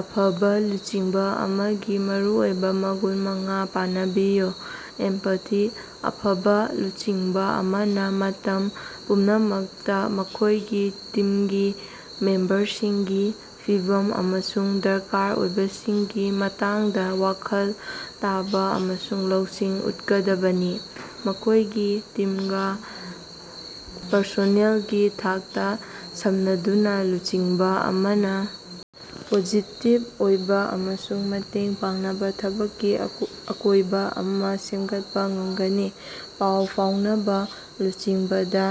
ꯑꯐꯕ ꯂꯨꯆꯤꯡꯕ ꯑꯃꯒꯤ ꯃꯔꯨꯑꯣꯏꯕ ꯃꯒꯨꯟ ꯃꯉꯥ ꯄꯅꯕꯤꯌꯨ꯫ ꯑꯦꯝꯄꯊꯤ: ꯑꯐꯕ ꯂꯨꯆꯤꯡꯕ ꯑꯃꯅ ꯃꯇꯝ ꯄꯨꯝꯅꯃꯛꯇ ꯃꯈꯣꯏꯒꯤ ꯇꯤꯝꯒꯤ ꯃꯦꯝꯕꯔꯁꯤꯡꯒꯤ ꯐꯤꯚꯝ ꯑꯃꯁꯨꯡ ꯗꯔꯀꯥꯔ ꯑꯣꯏꯕꯁꯤꯡꯒꯤ ꯃꯇꯥꯡꯗ ꯋꯥꯈꯜ ꯇꯥꯕ ꯑꯃꯁꯨꯡ ꯂꯧꯁꯤꯡ ꯎꯠꯀꯗꯕꯅꯤ꯫ ꯃꯈꯣꯏꯒꯤ ꯇꯤꯝꯒ ꯄꯔꯁꯣꯅꯦꯜꯒꯤ ꯊꯥꯛꯇ ꯁꯝꯅꯗꯨꯅ ꯂꯨꯆꯤꯡꯕ ꯑꯃꯅ ꯄꯣꯖꯤꯇꯤꯚ ꯑꯣꯏꯕ ꯑꯃꯁꯨꯡ ꯃꯇꯦꯡ ꯄꯥꯡꯅꯕ ꯊꯕꯛꯀꯤ ꯑꯀꯣꯏꯕ ꯑꯃ ꯁꯦꯝꯒꯠꯄ ꯉꯝꯒꯅꯤ꯫ ꯄꯥꯎ ꯐꯥꯎꯅꯕ: ꯂꯨꯆꯤꯡꯕꯗ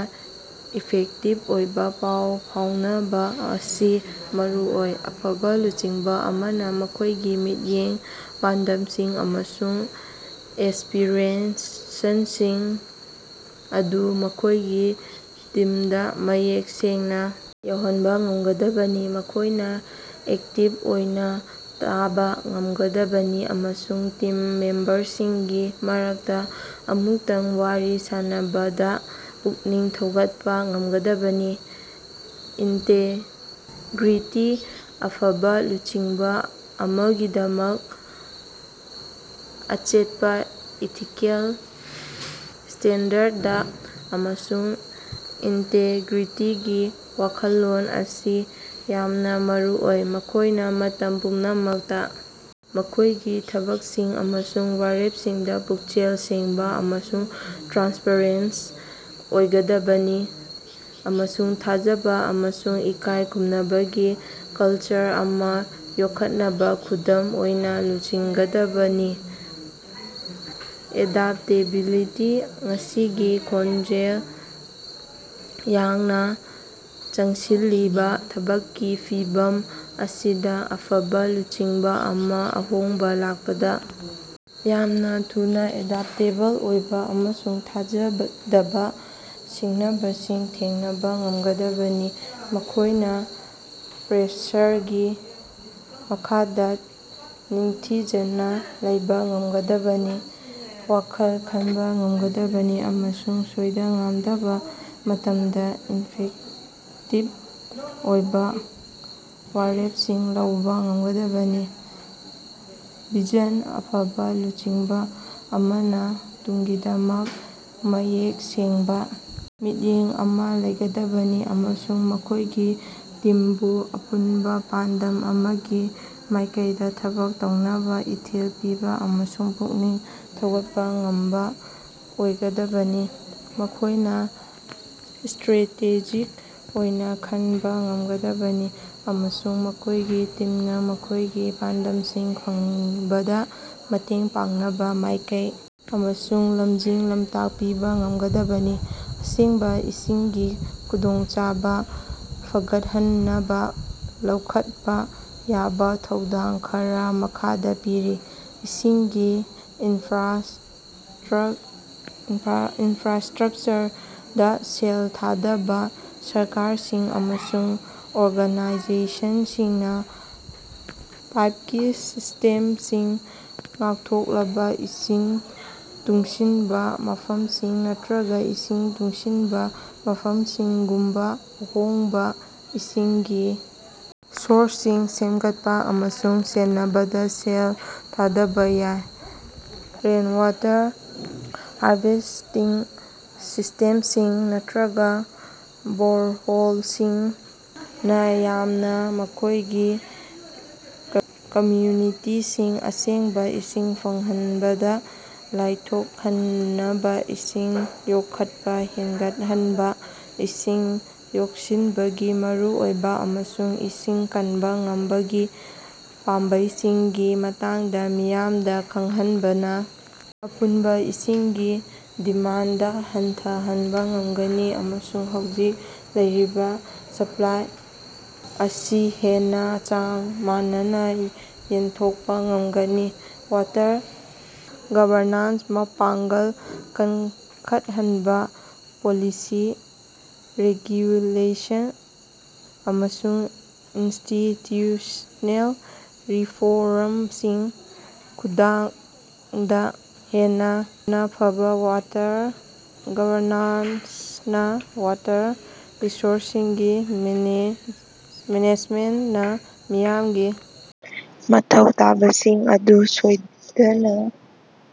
ꯏꯐꯦꯛꯇꯤꯚ ꯑꯣꯏꯕ ꯄꯥꯎ ꯐꯥꯎꯅꯕ ꯑꯁꯤ ꯃꯔꯨ ꯑꯣꯏ꯫ ꯑꯐꯕ ꯂꯨꯆꯤꯡꯕ ꯑꯃꯅ ꯃꯈꯣꯏꯒꯤ ꯃꯤꯠꯌꯦꯡ, ꯄꯥꯟꯗꯝꯁꯤꯡ ꯑꯃꯁꯨꯡ ꯑꯦꯁꯄꯤꯔꯦꯁꯟꯁꯤꯡ ꯑꯗꯨ ꯃꯈꯣꯏꯒꯤ ꯇꯤꯝꯗ ꯃꯌꯦꯛ ꯁꯦꯡꯅ ꯌꯧꯍꯟꯕ ꯉꯝꯒꯗꯕꯅꯤ꯫ ꯃꯈꯣꯏꯅ ꯑꯦꯛꯇꯤꯚ ꯑꯣꯏꯅ ꯇꯥꯕ ꯉꯝꯒꯗꯕꯅꯤ ꯑꯃꯁꯨꯡ ꯇꯤꯝ ꯃꯦꯝꯕꯔꯁꯤꯡꯒꯤ ꯃꯔꯛꯇ ꯑꯃꯨꯛꯇꯪ ꯋꯥꯔꯤ ꯁꯥꯅꯕꯗ ꯄꯨꯛꯅꯤꯡ ꯊꯧꯒꯠꯄ ꯉꯝꯒꯗꯕꯅꯤ꯫ ꯏꯟꯇꯦꯒ꯭ꯔꯤꯇꯤ: ꯑꯐꯕ ꯂꯨꯆꯤꯡꯕ ꯑꯃꯒꯤꯗꯃꯛ ꯑꯆꯦꯠꯄ ꯏꯊꯤꯀꯦꯜ ꯁ꯭ꯇꯦꯟꯗꯔꯗ ꯑꯃꯁꯨꯡ ꯏꯟꯇꯦꯒ꯭ꯔꯤꯇꯤꯒꯤ ꯋꯥꯈꯜꯂꯣꯟ ꯑꯁꯤ ꯌꯥꯝꯅ ꯃꯔꯨꯑꯣꯏ꯫ ꯃꯈꯣꯏꯅ ꯃꯇꯝ ꯄꯨꯝꯅꯃꯛꯇ ꯃꯈꯣꯏꯒꯤ ꯊꯕꯛꯁꯤꯡ ꯑꯃꯁꯨꯡ ꯋꯥꯔꯦꯞꯁꯤꯡꯗ ꯄꯨꯛꯆꯦꯜ ꯁꯦꯡꯕ ꯑꯃꯁꯨꯡ ꯇ꯭ꯔꯥꯟꯁꯄꯦꯔꯦꯟꯇ ꯑꯣꯏꯒꯗꯕꯅꯤ ꯑꯃꯁꯨꯡ ꯊꯥꯖꯕ ꯑꯃꯁꯨꯡ ꯏꯀꯥꯏ ꯈꯨꯝꯅꯕꯒꯤ ꯀꯜꯆꯔ ꯑꯃ ꯌꯣꯛꯈꯠꯅꯕ ꯈꯨꯗꯝ ꯑꯣꯏꯅ ꯂꯨꯆꯤꯡꯒꯗꯕꯅꯤ꯫ ꯑꯦꯗꯥꯞꯇꯦꯕꯤꯂꯤꯇꯤ: ꯉꯁꯤꯒꯤ ꯈꯣꯡꯖꯦꯜ ꯌꯥꯡꯅ ꯆꯪꯁꯤꯜꯂꯤꯕ ꯊꯕꯛꯀꯤ ꯐꯤꯚꯝ ꯑꯁꯤꯗ ꯑꯐꯕ ꯂꯨꯆꯤꯡꯕ ꯑꯃꯅ ꯑꯍꯣꯡꯕ ꯂꯥꯛꯄꯗ ꯌꯥꯝꯅ ꯊꯨꯅ ꯑꯦꯗꯥꯞꯇꯦꯕꯜ ꯑꯣꯏꯕ ꯑꯃꯁꯨꯡ ꯊꯥꯖꯗꯕ ꯁꯤꯡꯅꯕꯁꯤꯡ ꯊꯦꯡꯅꯕ ꯉꯝꯒꯗꯕꯅꯤ꯫ ꯃꯈꯣꯏꯅ ꯄ꯭ꯔꯦꯁꯔꯒꯤ ꯃꯈꯥꯗ ꯅꯤꯡꯊꯤꯖꯅ ꯂꯩꯕ ꯉꯝꯒꯗꯕꯅꯤ꯫ ꯋꯥꯈꯜ ꯈꯟꯕ ꯉꯝꯒꯗꯕꯅꯤ ꯑꯃꯁꯨꯡ ꯁꯣꯏꯗ-ꯉꯥꯝꯗꯕ ꯃꯇꯝꯗ ꯏꯐꯦꯛꯇꯤꯚ ꯑꯣꯏꯕ ꯋꯥꯔꯦꯞꯁꯤꯡ ꯂꯧꯕ ꯉꯝꯒꯗꯕꯅꯤ꯫ ꯚꯤꯖꯟ: ꯑꯐꯕ ꯂꯨꯆꯤꯡꯕ ꯑꯃꯅ ꯇꯨꯡꯒꯤꯗꯃꯛ ꯃꯌꯦꯛ ꯁꯦꯡꯕ ꯃꯤꯠꯌꯦꯡ ꯑꯃꯥ ꯂꯩꯒꯗꯕꯅꯤ ꯑꯃꯁꯨꯡ ꯃꯈꯣꯏꯒꯤ ꯇꯤꯝꯕꯨ ꯑꯄꯨꯟꯕ ꯄꯥꯟꯗꯝ ꯑꯃꯒꯤ ꯃꯥꯏꯀꯩꯗ ꯊꯕꯛ ꯇꯧꯅꯕ ꯏꯊꯤꯜ ꯄꯤꯕ ꯑꯃꯁꯨꯡ ꯄꯨꯛꯅꯤꯡ ꯊꯧꯒꯠꯄ ꯉꯝꯕ ꯑꯣꯏꯒꯗꯕꯅꯤ꯫ ꯃꯈꯣꯏꯅ ꯁ꯭ꯇꯔꯦꯇꯦꯖꯤꯛ ꯑꯣꯏꯅ ꯈꯟꯕ ꯉꯝꯒꯗꯕꯅꯤ ꯑꯃꯁꯨꯡ ꯃꯈꯣꯏꯒꯤ ꯇꯤꯝꯅ ꯃꯈꯣꯏꯒꯤ ꯄꯥꯟꯗꯝꯁꯤꯡ ꯐꯪꯕꯗ ꯃꯇꯦꯡ ꯄꯥꯡꯅꯕ ꯃꯥꯏꯀꯩ ꯑꯃꯁꯨꯡ ꯂꯝꯖꯤꯡ-ꯂꯝꯇꯥꯛ ꯄꯤꯕ ꯉꯝꯒꯗꯕꯅꯤ꯫ ꯑꯁꯦꯡꯕ ꯏꯁꯤꯡꯒꯤ ꯈꯨꯗꯣꯡꯆꯥꯕ ꯐꯒꯠꯍꯟꯅꯕ ꯂꯧꯈꯠꯄ ꯌꯥꯕ ꯈꯣꯡꯊꯥꯡ ꯈꯔꯥ ꯃꯈꯥꯗ ꯄꯤꯔꯤ:- ꯏꯁꯤꯡꯒꯤ ꯏꯟꯐ꯭ꯔꯥꯁꯇ꯭ꯔꯛꯆꯔꯗ ꯁꯦꯜ ꯊꯥꯗꯕ: ꯁꯔꯀꯥꯔꯁꯤꯡ ꯑꯃꯁꯨꯡ ꯑꯣꯔꯒꯅꯥꯏꯖꯦꯁꯟꯁꯤꯡꯅ ꯄꯥꯏꯞꯀꯤ ꯁꯤꯁ꯭ꯇꯦꯝꯁꯤꯡ, ꯉꯥꯛꯊꯣꯛꯂꯕ ꯏꯁꯤꯡ, ꯇꯨꯡꯁꯤꯟꯕ ꯃꯐꯝꯁꯤꯡ ꯅꯠꯇ꯭ꯔꯒ ꯏꯁꯤꯡ ꯇꯨꯡꯁꯤꯟꯕ ꯃꯐꯝꯁꯤꯡꯒꯨꯝꯕ ,ꯑꯍꯣꯡꯕ ꯏꯁꯤꯡꯒꯤ ꯁꯣꯔꯁꯁꯤꯡ ꯁꯦꯝꯒꯠꯄ ꯑꯃꯁꯨꯡ ꯁꯦꯟꯅꯕꯗ ꯁꯦꯜ ꯊꯥꯗꯕ ꯌꯥꯏ꯫ ꯔꯦꯟꯋꯥꯇꯔ ꯍꯥꯔꯚꯦꯁ꯭ꯇꯤꯡ ꯁꯤꯁ꯭ꯇꯦꯝꯁꯤꯡ ꯅꯠꯇ꯭ꯔꯒ ꯕꯣꯔꯍꯣꯜꯁꯤꯡꯅ ꯃꯤꯌꯥꯝꯅ ꯃꯈꯣꯏꯒꯤ ꯀꯝꯃ꯭ꯌꯨꯅꯤꯇꯤꯁꯤꯡ ꯑꯁꯦꯡꯕ ꯏꯁꯤꯡ ꯐꯪꯍꯟꯕꯗ ꯂꯥꯏꯊꯣꯛꯍꯟꯅꯕ ꯏꯁꯤꯡ ꯌꯣꯛꯈꯠꯄ ꯍꯦꯟꯒꯠꯍꯟꯕ: ꯏꯁꯤꯡ ꯌꯣꯛꯁꯤꯟꯕꯒꯤ ꯃꯔꯨꯑꯣꯏꯕ ꯑꯃꯁꯨꯡ ꯏꯁꯤꯡ ꯀꯟꯕ ꯉꯝꯕꯒꯤ ꯄꯥꯝꯕꯩꯁꯤꯡꯒꯤ ꯃꯇꯥꯡꯗ ꯃꯤꯌꯥꯝꯗ ꯈꯪꯍꯟꯕꯅ ꯑꯄꯨꯟꯕ ꯏꯁꯤꯡꯒꯤ ꯗꯤꯃꯥꯟꯗ ꯍꯟꯊꯍꯟꯕ ꯉꯝꯒꯅꯤ ꯑꯃꯁꯨꯡ ꯍꯧꯖꯤꯛ ꯂꯩꯔꯤꯕ ꯁꯄ꯭ꯂꯥꯏ ꯑꯁꯤ ꯍꯦꯟꯅ ꯆꯥꯡ ꯃꯥꯟꯅꯅ ꯌꯦꯟꯊꯣꯛꯄ ꯉꯝꯒꯅꯤ꯫ ꯋꯥꯇꯔ ꯒꯕꯔꯅꯥꯟꯁ ꯃꯄꯥꯡꯒꯜ ꯀꯟꯈꯠꯍꯟꯕ: ꯄꯣꯂꯤꯁꯤ, ꯔꯦꯒ꯭ꯌꯨꯂꯦꯁꯟ ꯑꯃꯁꯨꯡ ꯏꯟꯁꯇꯤꯇ꯭ꯌꯨꯁ꯭ꯅꯦꯜ ꯔꯤꯐꯣꯔꯝꯁꯤꯡꯒꯤ ꯈꯨꯠꯊꯥꯡꯗ ꯍꯦꯟꯅ ꯐꯕ ꯋꯥꯇꯔ ꯒꯕꯔꯅꯥꯟꯁꯅ ꯋꯥꯇꯔ ꯔꯤꯁꯣꯔꯁꯁꯤꯡꯒꯤ ꯃꯦꯅꯦꯖꯃꯦꯟꯅ ꯃꯤꯌꯥꯝꯒꯤ ꯃꯊꯧ ꯇꯥꯕꯁꯤꯡ ꯑꯗꯨ ꯁꯣꯏꯗꯅ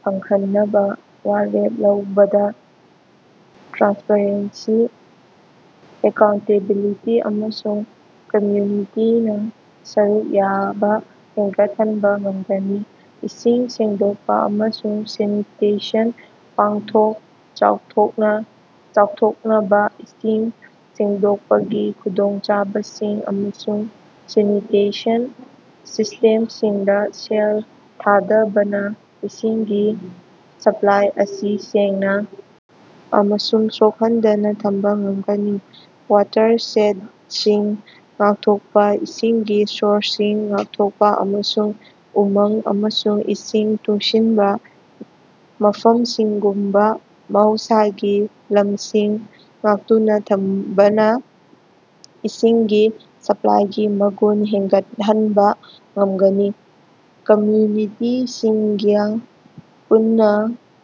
ꯐꯪꯍꯟꯅꯕ ꯋꯥꯔꯦꯞ ꯂꯧꯕꯗ ꯇ꯭ꯔꯥꯟꯁꯄꯔꯦꯟꯁꯤ, ꯑꯦꯀꯥꯎꯟꯇꯦꯕꯤꯂꯤꯇꯤ ꯑꯃꯁꯨꯡ ꯀꯝꯃ꯭ꯌꯨꯅꯤꯇꯤꯅ ꯁꯔꯨꯛ ꯌꯥꯕ ꯍꯦꯟꯒꯠꯍꯟꯕ ꯉꯝꯒꯅꯤ꯫ ꯏꯁꯤꯡ ꯁꯦꯡꯗꯣꯛꯄ ꯑꯃꯁꯨꯡ ꯁꯦꯅꯤꯇꯦꯁꯟ ꯄꯥꯛꯊꯣꯛ ꯆꯥꯎꯊꯣꯛꯅꯕ: ꯏꯁꯤꯡ ꯁꯦꯡꯗꯣꯛꯄꯒꯤ ꯈꯨꯗꯣꯡꯆꯥꯕꯁꯤꯡ ꯑꯃꯁꯨꯡ ꯁꯦꯅꯤꯇꯦꯁꯟ ꯁꯤꯁ꯭ꯇꯦꯝꯁꯤꯡꯗ ꯁꯦꯜ ꯊꯥꯗꯕꯅ ꯏꯁꯤꯡꯒꯤ ꯁꯄ꯭ꯂꯥꯏ ꯑꯁꯤ ꯁꯦꯡꯅ ꯑꯃꯁꯨꯡ ꯁꯣꯛꯍꯟꯗꯅ ꯊꯝꯕ ꯉꯝꯒꯅꯤ꯫ ꯋꯥꯇꯔꯁꯦꯗꯁꯤꯡ ꯉꯥꯛꯊꯣꯛꯄꯥ: ꯏꯁꯤꯡꯒꯤ ꯁꯣꯔꯁꯁꯤꯡ ꯉꯥꯛꯊꯣꯛꯄ ꯑꯃꯁꯨꯡ ꯎꯃꯪ ꯑꯃꯁꯨꯡ ꯏꯁꯤꯡ ꯇꯨꯡꯁꯤꯟꯕ ꯃꯐꯝꯁꯤꯡꯒꯨꯝꯕ ꯃꯍꯧꯁꯥꯒꯤ ꯂꯝꯁꯤꯡ ꯉꯥꯛꯇꯨꯅ ꯊꯝꯕꯅ ꯏꯁꯤꯡꯒꯤ ꯁꯄ꯭ꯂꯥꯏꯒꯤ ꯃꯒꯨꯟ ꯍꯦꯟꯒꯠꯍꯟꯕ ꯉꯝꯒꯅꯤ꯫ ꯀꯝꯃ꯭ꯌꯨꯅꯤꯇꯤꯁꯤꯡꯒ ꯄꯨꯟꯅ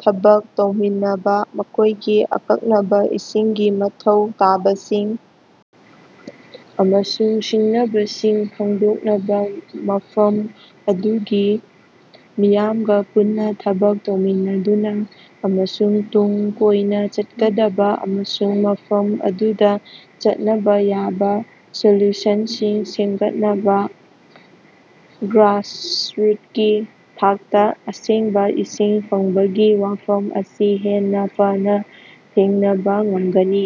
ꯊꯕꯛ ꯇꯧꯃꯤꯟꯅꯕ: ꯃꯈꯣꯏꯒꯤ ꯑꯀꯛꯅꯕ ꯏꯁꯤꯡꯒꯤ ꯃꯊꯧ ꯇꯥꯕꯁꯤꯡ ꯑꯃꯁꯨꯡ ꯁꯤꯡꯅꯕꯁꯤꯡ ꯈꯪꯗꯣꯛꯅꯕ ꯃꯐꯝ ꯑꯗꯨꯒꯤ ꯃꯤꯌꯥꯝꯒ ꯄꯨꯟꯅ ꯊꯕꯛ ꯇꯧꯃꯤꯟꯅꯗꯨꯅ ꯑꯃꯁꯨꯡ ꯇꯨꯡ ꯀꯣꯏꯅ ꯆꯠꯀꯗꯕ ꯑꯃꯁꯨꯡ ꯃꯐꯝ ꯑꯗꯨꯗ ꯆꯠꯅꯕ ꯌꯥꯕ ꯁꯣꯂ꯭ꯌꯨꯁꯟꯁꯤꯡ ꯁꯦꯝꯒꯠꯅꯕ, ꯒ꯭ꯔꯥꯁꯔꯨꯠꯀꯤ ꯊꯥꯛꯇ ꯑꯁꯦꯡꯕ ꯏꯁꯤꯡ ꯐꯪꯕꯒꯤ ꯋꯥꯐꯝ ꯑꯁꯤ ꯍꯦꯟꯅ ꯐꯅ ꯊꯦꯡꯅꯕ ꯉꯝꯒꯅꯤ꯫